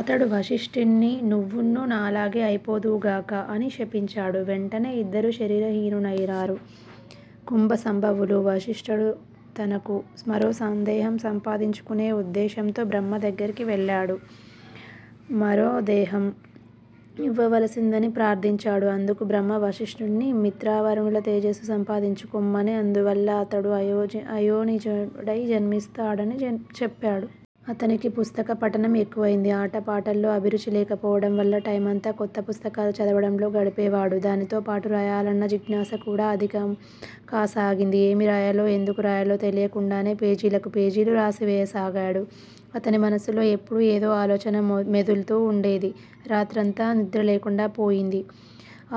అతడు వశిష్ఠుణ్ణి నువ్వున్నూ నాలాగే అయిపోదువుగాక అని శపించాడు. వెంటనే ఇద్దరూ శరీర హీనునైనారు. కుంభసంభవులు: వశిష్ఠుడు తనకు మరోదేహం సంపాదించుకునే ఉద్దేశ్యంతో బ్రహ్మ దగ్గరికి వెళ్ళాడు. తనకు మరోదేహం ఇవ్వవలసిందని ప్రార్దించాడు. అందుకు బ్రహ్మ వశిష్ఠుణ్ని మిత్రావరుణుల తేజస్సు సంపాదించుకొమ్మనీ, అందువల్ల అతడు అయోనిజుడై జన్మిస్తాడనీ చెప్పాడు. అతనికి పుస్తకపఠనం ఎక్కువయింది. ఆటపాటల్లో అభిరుచి లేకపోవటం వల్ల టైమంతా కొత్తపుస్తకాలు చదవటంలో గడిపేవాడు. దానితోపాటు రాయాలన్న జిజ్ఞాసకూడా అధికం కాసాగింది. ఏమి రాయాలో, ఎందుకు రాయాలో తెలీకుండానే పేజీలకు పేజీలు రాసివేయసాగాడు. అతని మనస్సులో ఎప్పుడూ ఏదో ఆలోచన మోదుల్తూ వుండేది. రాత్రంతా నిద్రలేకుండా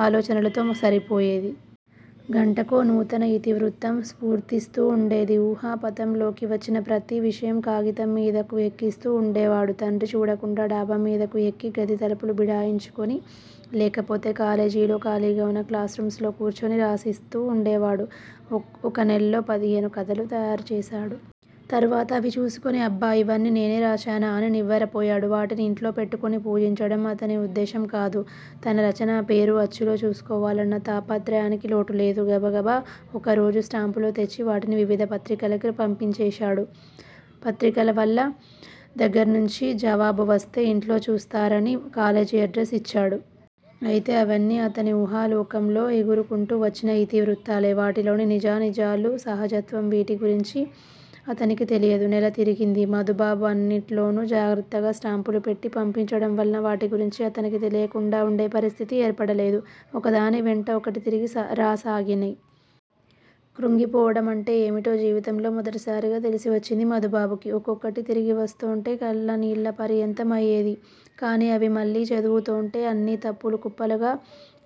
ఆలోచనలతోనే సరిపోయేది. గంటకో నూతన యితివృత్తం స్ఫుర్తిస్తూవుండేది. ఊహాపథంలోకి వచ్చిన ప్రతి విషయం కాగితం మీదకు ఎక్కిస్తూ వుండేవాడు. తండ్రి చూడకుండా డాబామీదకు ఎక్కి గది తలుపులు బిడాయించుకుని, లేకపోతే కాలేజీలో ఖాళీగావున్న క్లాస్ రూమ్స్ లో కూర్చుని రాసేస్తూ వుండేవాడు. ఒక నెల్లో పదిహేను కథలు తయారుచేశాడు. తరువాత అవి చూసుకుని అబ్బా! యివన్నీ నేనే రాశానా? అని నివ్వెర పోయాడు. వాటిని ఇంట్లో పెట్టుకుని పూజించటం అతని ఉద్దేశం కాదు. తన రచన, పేరు అచ్చులో చూసుకోవాలన్న తాపత్రయానికి లోటులేదు. గబగబ ఒకరోజు స్టాంపులు తెచ్చి వాటిని వివిధపత్రికలకి పంపించేశాడు. పత్రికలవాళ్ళ దగ్గర్నుంచి జవాబు వస్తే ఇంట్లో చూస్తారని కాలేజి ఎడ్రస్ యిచ్చాడు. అయితే అవన్నీ అతని వూహాలోకంలో ఎగురుకుంటూ వచ్చిన యితి వృత్తాలే. వాటిలోని నిజానిజాలు, సహజత్వం వీటిని గురించి అతనికి తెలియదు. నెల తిరిగింది. మధుబాబు అన్నిట్లోను జాగ్రత్తగా స్టాంపులు పెట్టి పంపించటం వలన వాటిగురించి అతనికి తెలీకుండా వుండే పరిస్థితి ఏర్పడలేదు. ఒకదానివెంట ఒకటి తిరిగి రాసాగినై. కృంగిపోవటమంటే ఏమిటో జీవితంలో మొదటిసారిగా తెలిసివచ్చింది మధుబాబుకు. ఒక్కొక్కటీ తిరిగివస్తోంటే కళ్ళనీళ్ళ పర్యంతం అయేది. కాని అవి మళ్లీ చదువుతోంటే అన్నీ తప్పుల కుప్పలుగా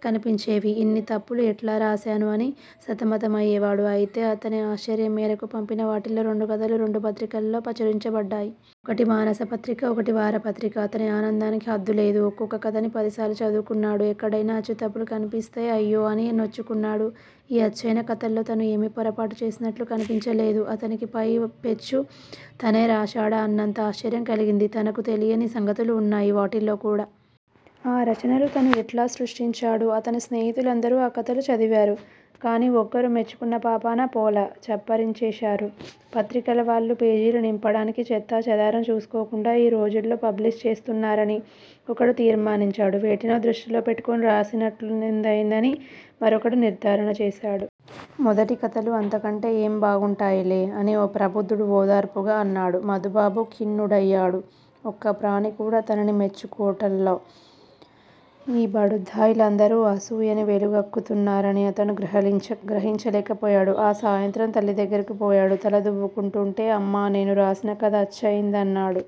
కనిపించేవి. ఇన్ని తప్పులు ఎట్లా రాశాను అని సతమతమయేవాడు. అయితే అతని ఆశ్చర్యం మేరకు పంపించినవాటిల్లో రెండుకథలు రెండు పత్రికల్లో ప్రచురించబడ్డాయి. ఒకటి మాసపత్రిక, ఒకటి వారపత్రిక. అతని ఆనందానికి హద్దులేదు. ఒక్కొక్క కథని పదిసార్లు చదువుకున్నాడు. ఎక్కడైనా అచ్చుతప్పులు కనిపిస్తే అయ్యో! అని నొచ్చుకున్నాడు. ఈ అచ్చయిన కథల్లో తను ఏమీ పొరపాటు చేసినట్లు కనిపించలేదు అతనికి. పైపెచ్చు తనే రాశాడా అన్నంత ఆశ్చర్యం కలిగింది. తనకు తెలియని సంగతులు వున్నాయి వాటిల్లోకూడా. ఆ రచనలు తను ఎట్లా సృష్టించాడు! అతని స్నేహితులందరూ ఆ కథలు చదివారు. కాని ఒక్కరూ మెచ్చుకున్న పాపాన పోలా. చప్పరించేశారు. పత్రికలవాళ్ళు పేజీలు నింపడానికి చెత్తా చెదారం చూసుకోకుండా యీ రోజుల్లో పబ్లిష్ చేస్తున్నారని ఒకడు తీర్మానించాడు. వేటినో దృష్టిలో పెట్టుకుని రాసినట్లుందని మరొకడు నిర్ధారణ చేశాడు. మొదటి కథలు అంతకంటే ఏం బాగుంటాయిలే? అని ఓ ప్రబుద్ధుడు ఓదార్పుగా అన్నాడు. మధుబాబు ఖిన్నుడయాడు. ఒక్కప్రాణికూడా తనని మెచ్చుకోటల్లో. ఈ బడుద్ధాయిలందరూ అసూయని వెలిగక్కుతున్నారని అతను గ్రహించలేక పోయాడు. ఆ సాయంత్రం తల్లిదగ్గరకు పోయాడు, తల దువ్వుకుంటూంటే. అమ్మా! నేను రాసిన కథ అచ్చయిందే అన్నాడు.